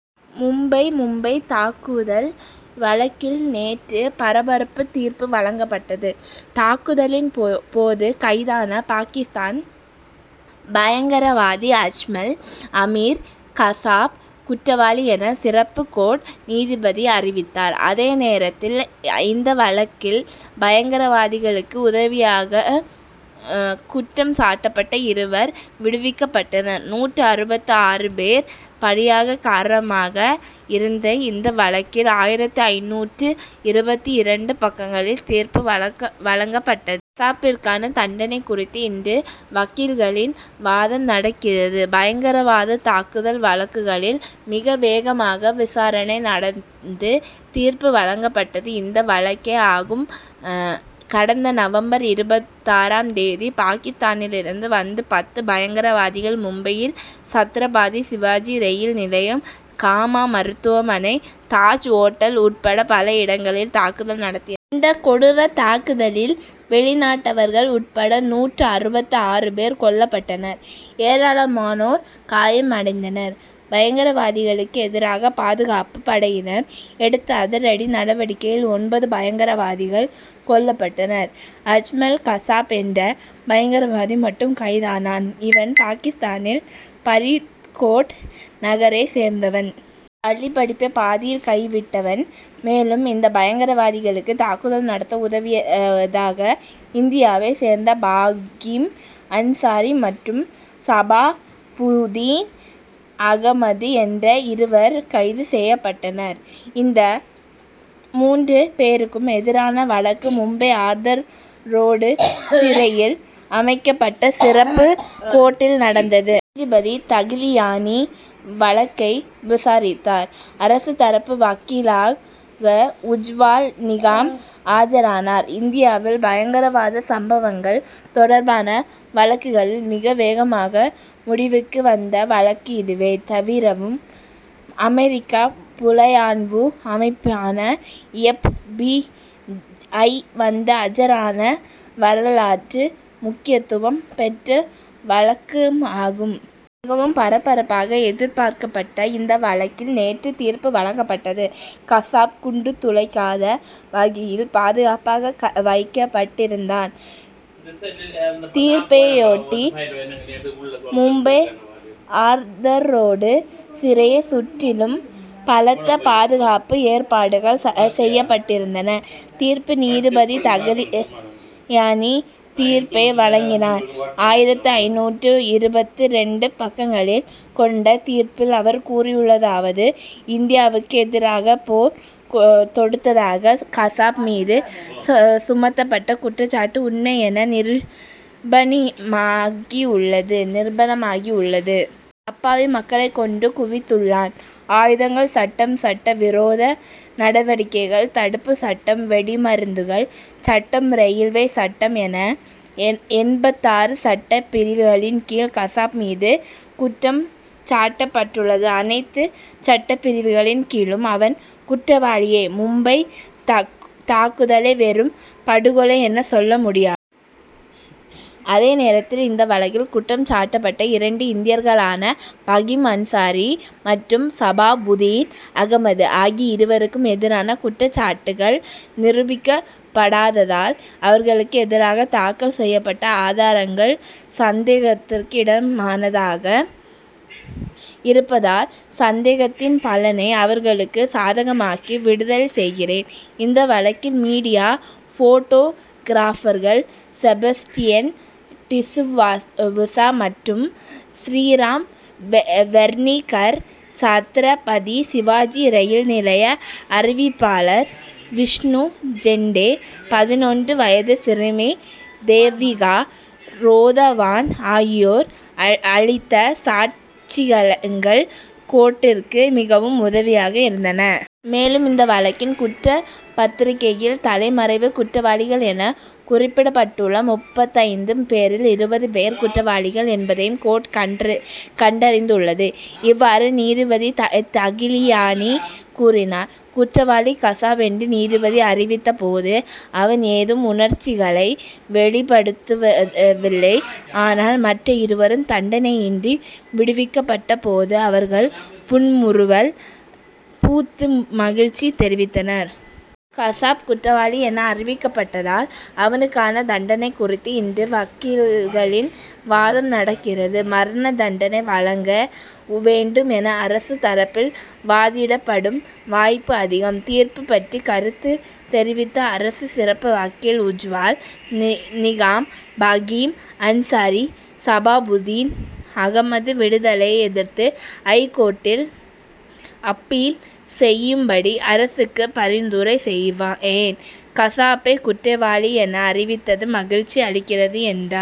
மும்பை மும்பைத் தாக்குதல் வழக்கில் நேற்று பரபரப்பு தீர்ப்பு வழங்கப்பட்டது. தாக்குதலின் போது கைதான பாகிஸ்தான் பயங்கரவாதி அஜ்மல் அமீர் கசாப் குற்றவாளி என சிறப்பு கோர்ட் நீதிபதி அறிவித்தார். அதே நேரத்தில் இந்த வழக்கில் பயங்கரவாதிகளுக்கு உதவியதாக குற்றம் சாட்டப்பட்ட இருவர் விடுவிக்கப்பட்டனர். நூற்று அறுபத்து ஆறு பேர் பலியாக காரணமாக இருந்த இந்த வழக்கில் ஆயிரத்து ஐந்நூற்று இருபத்து இரண்டு பக்கங்களில் தீர்ப்பு வழங்கப்பட்டது. கசாப்பிற்கான தண்டனை குறித்து இன்று வக்கீல்களின் வாதம் நடக்கிறது. பயங்கரவாத தாக்குதல் வழக்குகளில் மிக வேகமாக விசாரணை நடந்து தீர்ப்பு வழங்கப்பட்டது இந்த வழக்கே ஆகும். கடந்த நவம்பர் இருபத்தாறாம் தேதி பாகிஸ்தானிலிருந்து வந்த பத்து பயங்கரவாதிகள் மும்பையில் சத்ரபதி சிவாஜி ரயில் நிலையம் காமா மருத்துவமனை தாஜ் ஓட்டல் உட்பட பல இடங்களில் தாக்குதல் நடத்தினர். இந்தக் கொடூர தாக்குதலில் வெளிநாட்டவர்கள் உட்பட நூற்று அறுபத்து ஆறு பேர் கொல்லப்பட்டனர் ஏராளமானோர் காயம் அடைந்தனர். பயங்கரவாதிகளுக்கு எதிராக பாதுகாப்புப் படையினர் எடுத்த அதிரடி நடவடிக்கையில் ஒன்பது பயங்கரவாதிகள் கொல்லப்பட்டனர். அஜ்மல் கசாப் என்ற பயங்கரவாதி மட்டும் கைதானான். இவன் பாகிஸ்தானின் பரித்கோட் நகரைச் சேர்ந்தவன். பள்ளிப்படிப்பை பாதியில் கைவிட்டவன். மேலும் இந்த பயங்கரவாதிகளுக்கு தாக்குதல் நடத்த உதவியதாக இந்தியாவைச் சேர்ந்த பாஹீம் அன்சாரி மற்றும் சபாபுதீன் அகமது என்ற இருவர் கைது செய்யப்பட்டனர். இந்த மூன்று பேருக்கும் எதிரான வழக்கு மும்பை ஆர்தர் ரோடு சிறையில் அமைக்கப்பட்ட சிறப்பு கோர்ட்டில் நடந்தது. நீதிபதி தகிலியானி வழக்கை விசாரித்தார். அரசு தரப்பு வக்கீலாக உஜ்வால்நிகாம் ஆஜரானார். இந்தியாவில் பயங்கரவாத சம்பவங்கள் தொடர்பான வழக்குகளில் மிக வேகமாக முடிவுக்கு வந்த வழக்கு இதுவே. தவிரவும் அமெரிக்க புலனாய்வு அமைப்பான எப். பி. ஐ. வந்து ஆஜரான வரலாற்று முக்கியத்துவம் பெற்ற வழக்கும் ஆகும். மிகவும் பரபரப்பாக எதிர்பார்க்கப்பட்ட இந்த வழக்கில் நேற்று தீர்ப்பு வழங்கப்பட்டது. கசாப் குண்டுதுளைக்காத வகையில் பாதுகாப்பாக வைக்கப்பட்டிருந்தான். தீர்ப்பையொட்டி மும்பை ஆர்தர்ரோடு சிறையைச் சுற்றிலும் பலத்த பாதுகாப்பு ஏற்பாடுகள் செய்யப்பட்டிருந்தன. தீர்ப்பு நீதிபதி தகிலியானி தீர்ப்பை வழங்கினார். ஆயிரத்து ஐந்நூற்று இருபத்து இரண்டு பக்கங்கள் கொண்ட தீர்ப்பில் அவர் கூறியுள்ளதாவது இந்தியாவுக்கு எதிராக போர் தொடுத்ததாக கசாப் மீது சுமத்தப்பட்ட குற்றச்சாட்டு உண்மை என நிரூபணமாகியுள்ளது. அப்பாவி மக்களை கொன்று குவித்துள்ளான். ஆயுதங்கள் சட்டம் சட்ட விரோத நடவடிக்கைகள் தடுப்புச் சட்டம் வெடிமருந்துகள் சட்டம் ரயில்வே சட்டம் என எண்பத்தாறு சட்டப் பிரிவுகளின் கீழ் கசாப் மீது குற்றம் சாட்டப்பட்டுள்ளது. அனைத்து சட்டப் பிரிவுகளின் கீழும் அவன் குற்றவாளியே. மும்பைத் தாக்குதலை வெறும் படுகொலை என சொல்ல முடியாது. அதேநேரத்தில் இந்த வழக்கில் குற்றம் சாட்டப்பட்ட இரண்டு இந்தியர்களான பாஹீம் அன்சாரி மற்றும் சபாபுதீன் அகமது ஆகிய இருவருக்கும் எதிரான குற்றச்சாட்டுக்கள் நிரூபிக்கப்படாததால் அவர்களுக்கு எதிராக தாக்கல் செய்யப்பட்ட ஆதாரங்கள் சந்தேகத்திற்கு இடமானதாக இருப்பதால் சந்தேகத்தின் பலனை அவர்களுக்கு சாதகமாக்கி விடுதலை செய்கிறேன். இந்த வழக்கில் மீடியா போட்டோகிராபர்கள் செபஸ்டியன் டிசவுசா மற்றும் ஸ்ரீராம் வெர்னீகர் சத்ரபதி சிவாஜி ரயில் நிலைய அறிவிப்பாளர் விஷ்ணு ஜெண்டே பதினொன்று வயது சிறுமி தேவிகா ரோதவான் ஆகியோர் அளித்த சாட்சியங்கள் கோர்ட்டிற்கு மிகவும் உதவியாக இருந்தன. மேலும் இந்த வழக்கின் குற்றப்பத்திரிகையில் தலைமறைவு குற்றவாளிகள் என குறிப்பிடப்பட்டுள்ள முப்பத்தைந்து பேரில் இருபது பேர் குற்றவாளிகள் என்பதையும் கோர்ட் கண்டறிந்துள்ளது. இவ்வாறு நீதிபதி தகிலியானி கூறினார். குற்றவாளி கசாப் என்று நீதிபதி அறிவித்த போது அவன் ஏதும் உணர்ச்சிகளை வெளிப்படுத்தவில்லை. ஆனால் மற்ற இருவரும் தண்டனையின்றி விடுவிக்கப்பட்ட போது அவர்கள் புன்முறுவல் பூத்து மகிழ்ச்சி தெரிவித்தனர். கசாப் குற்றவாளி என அறிவிக்கப்பட்டதால் அவனுக்கான தண்டனை குறித்து இன்று வக்கீல்களின் வாதம் நடக்கிறது. மரண தண்டனை வழங்க வேண்டும் என அரசு தரப்பில் வாதிடப்படும் வாய்ப்பு அதிகம். தீர்ப்பு பற்றி கருத்து தெரிவித்த அரசு சிறப்பு வக்கீல் உஜ்வால் நிகாம் பாஹீம் அன்சாரி சபாபுதீன் அகமது விடுதலையை எதிர்த்து ஐகோர்ட்டில் அப்பீல் செய்யும்படி அரசுக்கு பரிந்துரை செய்வேன். கசாப்பை குற்றவாளி என அறிவித்தது மகிழ்ச்சி அளிக்கிறது என்றார்.